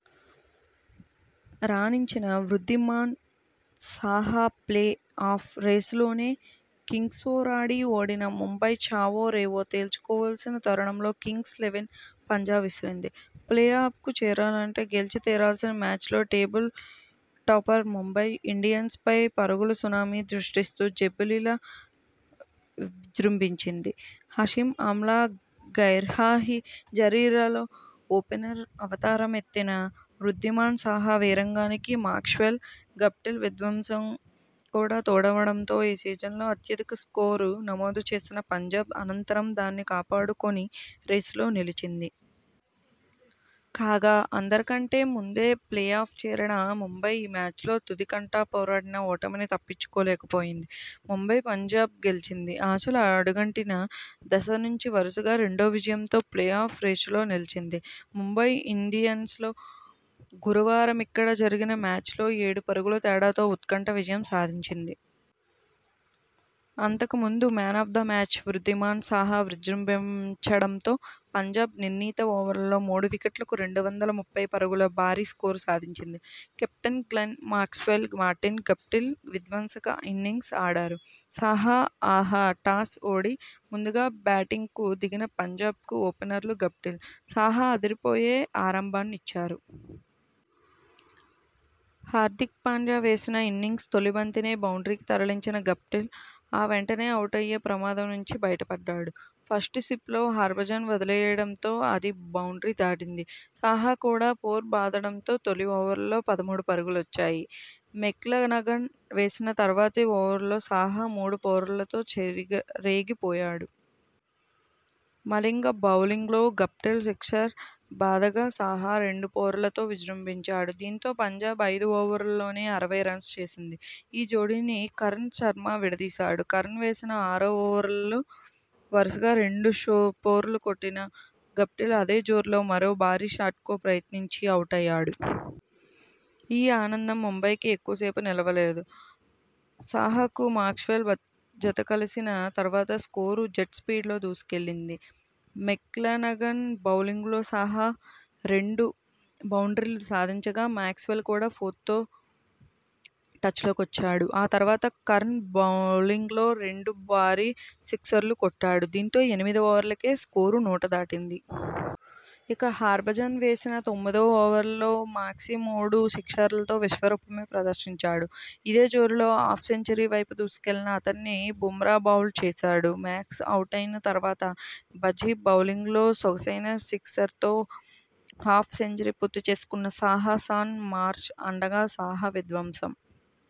రాణించిన Wriddhiman Saha play off రేసులోనే కింగ్స్పోరాడి ఓడిన ముంబై చావో రేవో తేల్చుకోవాల్సిన తరుణంలో కింగ్స్ లెవెన్ 'పంజా' విసిరింది. ప్లే ఆఫ్కు చేరాలంటే గెలిచి తీరాల్సిన మ్యాచ్లో టేబుల్ టాపర్ ముంబై ఇండియన్స్పై పరుగుల సునామీ సృష్టిస్తూ బెబ్బులిలా విజృంభించింది. హషీమ్ ఆమ్లా గైర్హాజరీలో ఓపెనర్ అవతార మెత్తిన వృద్ధిమాన్ సాహా వీరంగానికి మాక్స్వెల్, గప్టిల్ విధ్వంసం కూడా తోడవడంతో ఈ సీజన్లో అత్యధిక స్కోరు నమోదు చేసిన పంజాబ్, అనంతరం దాన్ని కాపాడు కొని రేసులో నిలిచింది. కాగా, అందరి కంటే ముందే ప్లే ఆఫ్ చేరిన ముంబై ఈ మ్యాచ్లో తుది కంటా పోరాడినా ఓటమిని తప్పించుకోలేకపోయింది. ముంబై పంజాబ్ గెలిచింది. ఆశలు అడుగంటిన దశ నుంచి వరుసగా రెండో విజయంతో ప్లే ఆఫ్ రేసులో నిలిచింది. ముంబై ఇండియన్స్తో గురువారమిక్కడ జరిగిన మ్యాచ్లో ఏడు పరుగుల తేడాతో ఉత్కంఠ విజయం సాధించింది. అంతకు ముందు 'man of the match' Wriddhiman Saha విజృంభించడంతో పంజాబ్ నిర్ణీత ఓవర్లలో మూడు వికెట్లకు రెండు వందల ముప్పై పరుగుల భారీ స్కోరు సాధించింది. Captain Glenn Maxwell, Martin Guptill విధ్వంసక ఇన్నింగ్స్ ఆడారు. సాహా, ఆహా టాస్ ఓడి ముందుగా బ్యాటింగ్కు దిగిన పంజాబ్కు ఓపెనర్లు గప్టిల్, సాహా అదిరి పోయే ఆరంభాన్నిచ్చారు. హార్దిక్ పాండ్యా వేసిన ఇన్నింగ్స్ తొలి బంతినే బౌండ్రీకి తరలించిన గప్టిల్ ఆ వెంటనే అవుటయ్యే ప్రమాదం నుంచి బయట పడ్డాడు. ఫస్ట్ స్లిప్లో హర్భజన్ వదిలేయడంతో అది బౌండ్రీ దాటింది. సాహా కూడా ఫోర్ బాదడంతో తొలి ఓవర్లో పదమూడు పరుగులొచ్చాయి. మెక్లెనగన్ వేసిన తర్వాతి ఓవర్లో సాహా మూడు ఫోర్లతో చెలరేగి పోయాడు. మలింగ బౌలింగ్లో గప్టిల్ సిక్సర్ బాదగా సాహా రెండు ఫోర్లతో విజృంభించాడు. దీంతో పంజాబ్ ఐదు ఓవర్లలోనే అరవై రన్స్ చేసింది. ఈ జోడీని కర్ణ్ శర్మ విడదీశాడు. కర్ణ్ వేసిన ఆరో ఓవర్లో వరుసగా రెండు ఫోర్లు కొట్టిన గప్టిల్ అదే జోరులో మరో భారీ షాట్కు ప్రయత్నించి అవుటయ్యాడు. ఈ ఆనందం ముంబైకి ఎక్కువ సేపు నిలవలేదు. సాహాకు మాక్స్వెల్ జతకలిసిన తర్వాత స్కోరు జెట్ స్పీడ్తో దూసుకెళ్లింది. మెక్లెనగన్ బౌలింగ్లో సాహా రెండు బౌండ్రీలు సాధించగా, మాక్స్వెల్ కూడా ఫోర్తో టచ్లోకొచ్చాడు. ఆ తర్వాత కర్ణ్ బౌలింగ్లో రెండు భారీ సిక్సర్లు కొట్టాడు. దీంతో ఎనిమిది ఓవర్లకే స్కోరు నూట దాటింది. ఇక హర్భజన్ వేసిన తొమ్మిదో ఓవర్లో మాక్సీ మూడు సిక్సర్లతో విశ్వరూపమే ప్రదర్శించాడు. ఇదే జోరులో హాఫ్ సెంచరీ వైపు దూసుకెళ్లిన అతన్ని బుమ్రా బౌల్డ్ చేశాడు. మాక్స్ అవుటైన తర్వాత భజ్జీ బౌలింగ్లో సొగసైన సిక్సర్తో హాఫ్ సెంచరీ పూర్తి చేసుకున్న సాహా, షాన్ మార్ష్ అండగా సాహా విధ్వంసం